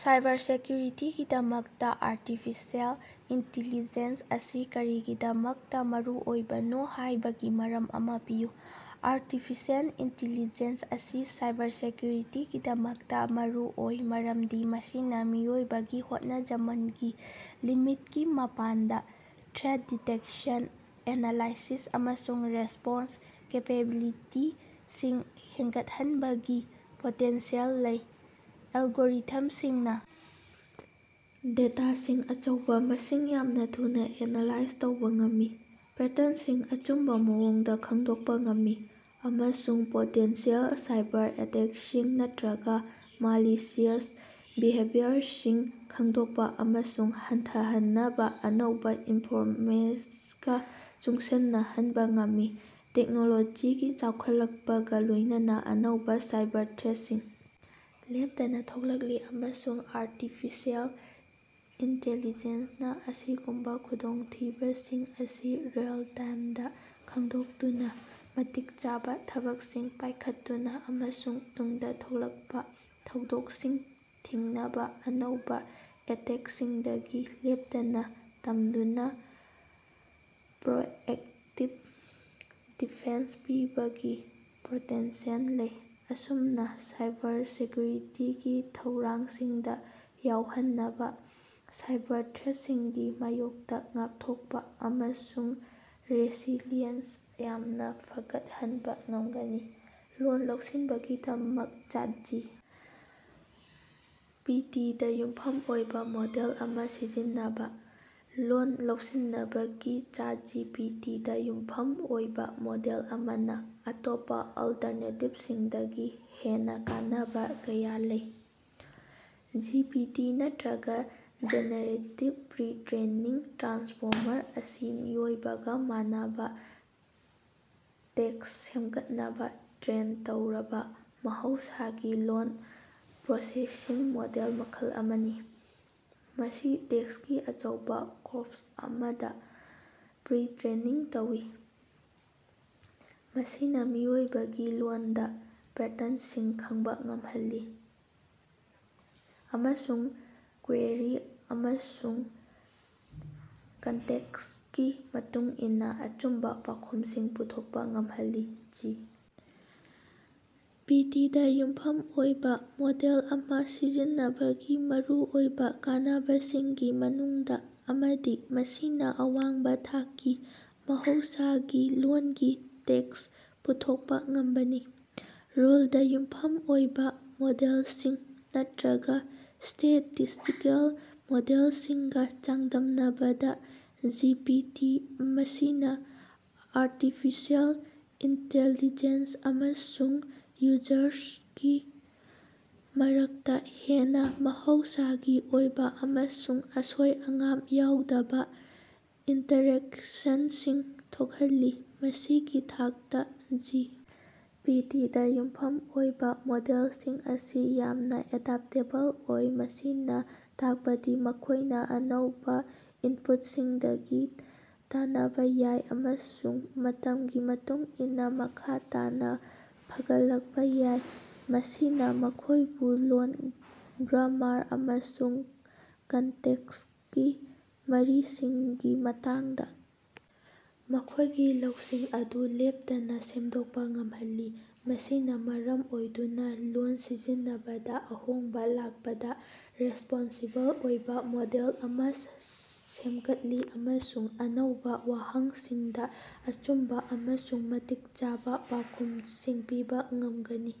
Cyber ꯁꯦꯀ꯭ꯌꯨꯔꯤꯇꯤꯒꯤꯗꯃꯛꯇ artificial intelligence ꯑꯁꯤ ꯀꯔꯤꯒꯤꯗꯃꯛꯇ ꯃꯔꯨꯑꯣꯏꯕꯅꯣ ꯍꯥꯏꯕꯒꯤ ꯃꯔꯝ ꯑꯃ ꯄꯤꯌꯨ꯫ ꯑꯥꯔꯇꯤꯐꯤꯁꯤꯑꯦꯜ ꯏꯟꯇꯤꯂꯤꯖꯦꯟꯁ ꯑꯁꯤ ꯁꯥꯏꯕꯔ ꯁꯦꯀ꯭ꯌꯨꯔꯤꯇꯤꯒꯤꯗꯃꯛꯇ ꯃꯔꯨꯑꯣꯏ ꯃꯔꯝꯗꯤ ꯃꯁꯤꯅ ꯃꯤꯑꯣꯏꯕꯒꯤ ꯍꯣꯠꯅꯖꯃꯜꯒꯤ ꯂꯤꯃꯤꯠꯀꯤ ꯃꯄꯥꯟꯗ ꯊ꯭ꯔꯦꯠ ꯗꯤꯇꯦꯛꯁꯟ, ꯑꯦꯅꯥꯂꯥꯏꯁꯤꯁ ꯑꯃꯁꯨꯡ ꯔꯦꯁ꯭ꯄꯣꯟꯁ ꯀꯦꯄꯦꯕꯤꯂꯤꯇꯤꯁꯤꯡ ꯍꯦꯡꯒꯠꯍꯟꯕꯒꯤ ꯄꯣꯇꯦꯟꯁꯤꯑꯦꯜ ꯂꯩ꯫ ꯑꯦꯜꯒꯣꯔꯤꯊꯝꯁꯤꯡꯅ ꯗꯦꯇꯥꯒꯤ ꯑꯆꯧꯕ ꯃꯁꯤꯡ ꯌꯥꯝꯅ ꯊꯨꯅ ꯑꯦꯅꯥꯂꯥꯏꯖ ꯇꯧꯕ ꯉꯝꯃꯤ, ꯄꯦꯇ꯭ꯔꯟꯁꯤꯡ ꯑꯆꯨꯝꯕ ꯃꯑꯣꯡꯗ ꯈꯪꯗꯣꯛꯄ ꯉꯝꯃꯤ ꯑꯃꯁꯨꯡ ꯄꯣꯇꯦꯟꯁꯤꯑꯦꯜ ꯁꯥꯏꯕꯔ ꯑꯦꯇꯦꯀꯁꯤꯡ ꯅꯠꯇꯔꯒ ꯃꯥꯂꯤꯁꯤꯌ꯭ꯁ ꯕꯤꯍꯦꯕꯤꯌꯔꯁꯤꯡ ꯈꯪꯗꯣꯛꯄ ꯑꯃꯁꯨꯡ ꯍꯟꯊꯍꯟꯅꯕ ꯑꯅꯧꯕ ꯏꯟꯐꯣꯔꯃꯦꯁꯒ ꯆꯨꯁꯤꯟꯅꯍꯅꯕ ꯉꯝꯃꯤ꯫ ꯇꯦꯛꯅꯣꯂꯣꯖꯤꯒꯤ ꯆꯥꯎꯈꯠꯂꯛꯄꯒ ꯂꯣꯏꯅꯅ ꯑꯅꯧꯕ ꯁꯥꯏꯕꯔ ꯊ꯭ꯔꯦꯠꯁꯤꯡ ꯂꯦꯞꯇꯅ ꯊꯣꯔꯛꯂꯤ, ꯑꯃꯁꯨꯡ ꯑꯥꯔꯇꯤꯐꯤꯁꯤꯑꯦꯜ ꯏꯅꯇꯦꯂꯤꯖꯦꯟꯁꯅ ꯑꯁꯤꯒꯨꯝꯕ ꯈꯨꯗꯣꯡꯊꯤꯕꯁꯤꯡ ꯑꯁꯤ ꯔꯤꯑꯦꯜ ꯇꯥꯏꯝꯗ ꯈꯪꯗꯣꯛꯇꯨꯅ, ꯃꯇꯤꯛ ꯆꯥꯕ ꯊꯕꯛꯁꯤꯡ ꯄꯥꯏꯈꯠꯇꯨꯅ ꯑꯃꯁꯨꯡ ꯇꯨꯡꯗ ꯊꯣꯛꯂꯛꯄ ꯊꯧꯗꯣꯛꯁꯤꯡ ꯊꯤꯡꯅꯕ ꯑꯅꯧꯕ ꯑꯦꯇꯦꯛꯁꯤꯡꯗꯒꯤ ꯂꯦꯞꯇꯅ ꯇꯝꯗꯨꯅ ꯄ꯭ꯔꯣꯑꯦꯛꯇꯤꯕ ꯗꯤꯐꯦꯟꯁ ꯄꯤꯕꯒꯤ ꯄꯣꯇꯦꯟꯁꯤꯌꯦꯜ ꯂꯩ꯫ ꯑꯁꯨꯝꯅ, ꯁꯥꯏꯕꯔ ꯁꯦꯀ꯭ꯌꯨꯔꯤꯇꯤꯒꯤ ꯊꯧꯔꯥꯡꯁꯤꯡꯗ ꯌꯥꯎꯍꯟꯕꯅ ꯁꯥꯏꯕꯔ ꯊ꯭ꯔꯦꯠꯁꯤꯡꯒꯤ ꯃꯥꯌꯣꯛꯇ ꯉꯥꯛꯊꯣꯛꯄ ꯑꯃꯁꯨꯡ ꯔꯦꯁꯤꯂꯤꯌꯦꯟꯁ ꯌꯥꯝꯅ ꯐꯒꯠꯍꯟꯕ ꯉꯝꯒꯅꯤ꯫ ꯂꯣꯜ ꯂꯧꯁꯤꯟꯕꯒꯤꯗꯃꯛ ꯆꯥꯠ ꯖꯤ. ꯄꯤ. ꯇꯤ. ꯗ ꯌꯨꯝꯐꯝ ꯑꯣꯏꯕ ꯃꯣꯗꯦꯜ ꯑꯃ ꯁꯤꯖꯤꯟꯅꯕ꯫ ꯂꯣꯜ ꯂꯧꯁꯤꯅꯕꯒꯤ ꯆꯥꯠ ꯖꯤ. ꯄꯤ. ꯇꯤ. ꯗꯥ ꯌꯨꯝꯐꯝ ꯑꯣꯏꯕ ꯃꯣꯗꯦꯜ ꯑꯃꯅ ꯑꯇꯣꯞꯄ ꯑꯜꯇꯔꯅꯦꯇꯤꯕꯁꯤꯡꯗꯒꯤ ꯍꯦꯟꯅ ꯀꯥꯟꯅꯕ ꯀꯌꯥ ꯂꯩ꯫ ꯖꯤ. ꯄꯤ. ꯇꯤ., ꯅꯠꯇꯔꯒ ꯖꯦꯅꯦꯔꯦꯇꯤꯕ ꯄ꯭ꯔꯤ-ꯇ꯭ꯔꯦꯅꯤꯡ ꯇ꯭ꯔꯥꯟꯁꯐꯣꯔꯃꯔ ꯑꯁꯤ ꯃꯤꯑꯣꯏꯕꯒ ꯃꯥꯟꯅꯕ ꯇꯦꯛꯁ ꯁꯦꯝꯒꯠꯅꯕ ꯇ꯭ꯔꯦꯟ ꯇꯧꯔꯕ ꯃꯍꯧꯁꯥꯒꯤ ꯂꯣꯜ ꯄ꯭ꯔꯣꯁꯦꯁꯤꯡ ꯃꯣꯗꯦꯜ ꯃꯈꯜ ꯑꯃꯅꯤ꯫ ꯃꯁꯤ ꯇꯦꯛꯁꯀꯤ ꯑꯆꯧꯕ ꯀꯣꯔꯄ꯭ꯁ ꯑꯃꯗ ꯄ꯭ꯔꯤ-ꯇ꯭ꯔꯦꯅꯤꯡ ꯇꯧꯏ, ꯃꯁꯤꯅ ꯃꯤꯑꯣꯏꯕꯒꯤ ꯂꯣꯟꯗ ꯄꯦꯇꯔꯟꯁꯤꯡ ꯈꯪꯕ ꯉꯝꯍꯜꯂꯤ ꯑꯃꯁꯨꯡ ꯀ꯭ꯋꯦꯔꯤ ꯑꯃꯁꯨꯡ ꯀꯟꯇꯦꯛꯁꯀꯤ ꯃꯇꯨꯡ ꯏꯟꯅ ꯑꯆꯨꯝꯕ ꯄꯥꯎꯈꯨꯝꯁꯤꯡ ꯄꯨꯊꯣꯛꯄ ꯉꯝꯍꯜꯂꯤ꯫ ꯖꯤ. ꯄꯤ. ꯇꯤ. ꯗ ꯌꯨꯝꯐꯝ ꯑꯣꯏꯕ ꯃꯣꯗꯦꯜ ꯑꯃ ꯁꯤꯖꯤꯟꯅꯕꯒꯤ ꯃꯔꯨꯑꯣꯏꯕ ꯀꯥꯟꯅꯕꯁꯤꯡꯒꯤ ꯃꯅꯨꯡꯗ ꯑꯃꯗꯤ ꯃꯁꯤꯅ ꯑꯋꯥꯡꯕ ꯊꯥꯛꯀꯤ ꯃꯍꯧꯁꯥꯒꯤ ꯂꯣꯜꯒꯤ ꯇꯦꯛꯁ ꯄꯨꯊꯣꯛꯄ ꯉꯝꯕꯅꯤ꯫ ꯔꯨꯜꯗ ꯌꯨꯝꯐꯝ ꯑꯣꯏꯕ ꯃꯣꯗꯦꯜꯁꯤꯡ ꯅꯠꯇꯔꯒ ꯁ꯭ꯇꯦꯇꯤꯁ꯭ꯇꯤꯀꯦꯜ ꯃꯣꯗꯦꯜꯁꯤꯡꯒ ꯆꯥꯡꯗꯝꯅꯕꯗ, ꯖꯤ. ꯄꯤ. ꯇꯤ. ꯃꯁꯤꯅ ꯑꯥꯔꯇꯤꯐꯤꯁꯤꯑꯦꯜ ꯏꯟꯇꯦꯜꯂꯤꯖꯦꯟꯁ ꯑꯃꯁꯨꯡ ꯌꯨꯖꯔꯒꯤ ꯃꯔꯛꯇ ꯍꯦꯟꯅ ꯃꯍꯧꯁꯥꯒꯤ ꯑꯣꯏꯕ ꯑꯃꯁꯨꯡ ꯑꯁꯣꯏ-ꯑꯉꯥꯝ ꯌꯥꯎꯗꯕ ꯏꯟꯇꯔꯦꯛꯁꯟꯁꯤꯡ ꯊꯣꯛꯍꯜꯂꯤ꯫ ꯃꯁꯤꯒꯤ ꯃꯊꯛꯇ, ꯖꯤ. ꯄꯤ. ꯇꯤ. ꯗ ꯌꯨꯝꯐꯝ ꯑꯣꯏꯕ ꯃꯣꯗꯦꯜꯁꯤꯡ ꯑꯁꯤ ꯌꯥꯝꯅ ꯑꯦꯗꯞꯇꯦꯕꯜ ꯑꯣꯏ, ꯃꯁꯤꯅ ꯇꯥꯛꯄꯗꯤ ꯃꯈꯣꯏꯅ ꯑꯅꯧꯕ ꯏꯅꯄꯨꯠꯁꯤꯡꯗꯒꯤ ꯇꯅꯕ ꯌꯥꯏ ꯑꯃꯁꯨꯡ ꯃꯇꯝꯒꯤ ꯃꯇꯨꯡ ꯏꯟꯅ ꯃꯈꯥ ꯇꯥꯅ ꯐꯒꯠꯂꯛꯄꯥ ꯌꯥꯏ꯫ ꯃꯁꯤꯅ ꯃꯈꯣꯏꯕꯨ ꯂꯣꯜ, ꯒ꯭ꯔꯥꯃꯥꯔ, ꯑꯃꯁꯨꯡ ꯀꯟꯇꯦꯛꯁꯀꯤ ꯃꯔꯤꯁꯤꯡꯒꯤ ꯃꯇꯥꯡꯗ ꯃꯈꯣꯏꯒꯤ ꯂꯧꯁꯤꯡ ꯑꯗꯨ ꯂꯦꯞꯇꯅ ꯁꯦꯝꯗꯣꯛꯄ ꯉꯝꯍꯜꯂꯤ, ꯃꯁꯤꯅ ꯃꯔꯝ ꯑꯣꯏꯗꯨꯅ ꯂꯣꯜ ꯁꯤꯖꯤꯟꯅꯕꯗ ꯑꯍꯣꯡꯕ ꯂꯥꯛꯄꯗ ꯔꯦꯁ꯭ꯄꯣꯟꯁꯤꯕꯜ ꯑꯣꯏꯕ ꯃꯣꯗꯦꯜ ꯑꯃ ꯁꯦꯝꯒꯠꯂꯤ ꯑꯃꯁꯨꯡ ꯑꯅꯧꯕ ꯋꯥꯍꯪꯁꯤꯡꯗ ꯑꯆꯨꯝꯕ ꯑꯃꯁꯨꯡ ꯃꯇꯤꯛ ꯆꯥꯕ ꯄꯥꯎꯈꯨꯃꯁꯤꯡ ꯄꯤꯕ ꯉꯝꯒꯅꯤ꯫